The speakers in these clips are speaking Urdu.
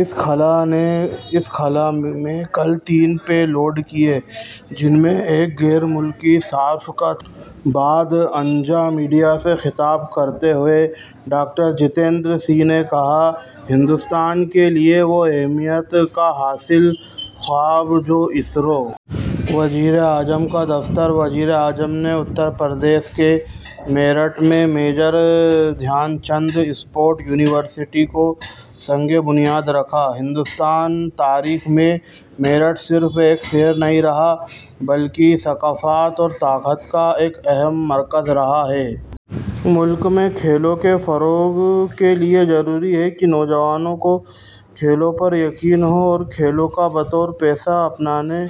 اس نے خلا میں کل تین پے لوڈ کیے، جن میں ایک غیر ملکی صارف کا تھا۔ بعد ازاں میڈیا سے خطاب کرتے ہوئے ڈاکٹر جتیندر سنگھ نے کہا کہ ہندوستان کے لیے وہ اہمیت کا حامل خواب جو اسرو... وزیر اعظم کا دفتر وزیر اعظم نے اتر پردیش کے میرٹھ میں Major Dhyan Chand sports university کا سنگِ بنیاد رکھا "ہندوستانی تاریخ میں، میرٹھ صرف ایک شہر نہیں رہا ہے بلکہ ثقافت اور طاقت کا ایک اہم مرکز رہا ہے۔" ملک میں کھیلوں کے فروغ کے لیے ضروری ہے کہ نوجوانوں کو کھیلوں پر یقین ہو اور کھیلوں کو بطور پیشہ اپنانے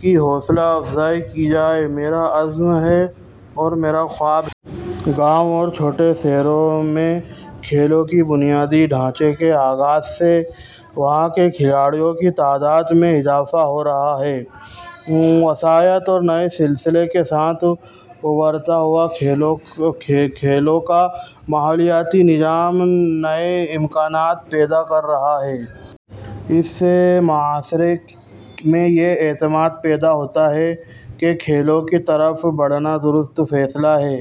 کی حوصلہ افزائی کی جائے۔ یہ میرا عزم اور میرا خواب ہے۔ "گاؤں اور چھوٹے شہروں میں کھیلوں کے بنیادی ڈھانچے کے آغاز سے، وہاں کے کھلاڑیوں کی تعداد میں اضافہ ہو رہا ہے۔" "وسائل اور نئے سلسلے کے ساتھ ابھرتا ہوا کھیلوں کا ماحولیاتی نظام نئے امکانات پیدا کر رہا ہے۔ اس سے معاشرے میں یہ اعتماد پیدا ہوتا ہے کہ کھیلوں کی طرف بڑھنا درست فیصلہ ہے۔"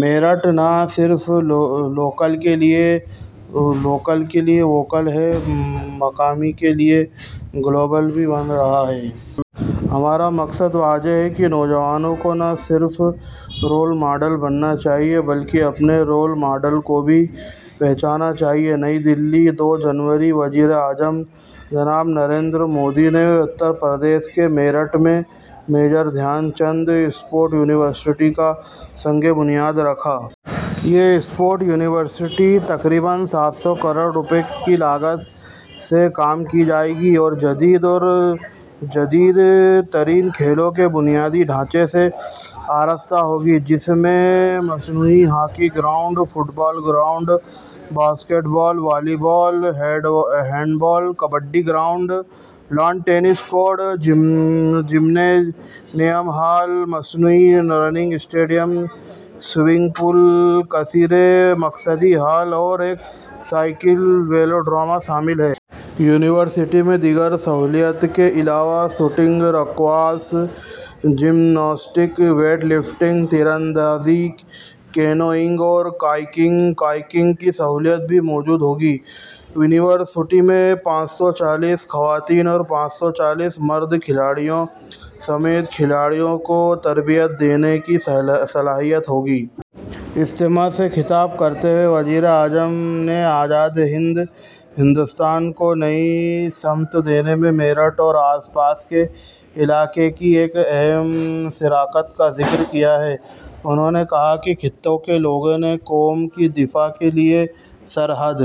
"میرٹھ نہ صرف لوکل کے لیے ووکل ہے بلکہ مقامی کے لیے گلوبل بھی بن رہا ہے۔" "ہمارا مقصد واضح ہے۔ نوجوانوں کو نہ صرف رول ماڈل بننا چاہیے بلکہ اپنے رول ماڈل کو بھی پہچاننا چاہیے۔" نئی دہلی، دو جنوری۔ وزیر اعظم جناب نریندر مودی نے اتر پردیش کے میرٹھ میں Major Dhyan Chand sports university کا سنگِ بنیاد رکھا۔ یہ اسپورٹس یونیورسٹی تقریباً سات سو کروڑ روپے کی لاگت سے قائم کی جائے گی اور جدید اور جدید ترین کھیلوں کے بنیادی ڈھانچے سے آراستہ ہوگی، جس میں مصنوعی hockey ground, football ground, basketball, volleyball, handball, kabaddi ground, lawn tennis court, gymnasium hall, مصنوعی رننگ اسٹیڈیم، سوئمنگ پول، کثیر مقصدی ہال اور ایک سائیکلنگ ویلڈروم شامل ہیں۔ یونیورسٹی میں دیگر سہولیات کے علاوہ shooting, squash, gymnastic, weight lifting, تیر اندازی، کینوئنگ اور کیکنگ کی سہولیات بھی موجود ہوں گی۔ یونیورسٹی میں پانچ سو چالیس خواتین اور پانچ سو چالیس مرد کھلاڑیوں سمیت کھلاڑیوں کو تربیت دینے کی صلاحیت ہوگی۔ اجتماع سے خطاب کرتے ہوئے وزیر اعظم نے آزاد ہندوستان کو ایک نئی سمت دینے میں میرٹھ اور آس پاس کے علاقے کی اہم شراکت کا ذکر کیا۔ انہوں نے کہا کہ خطے کے لوگوں نے قوم کے دفاع کے لیے سرحد...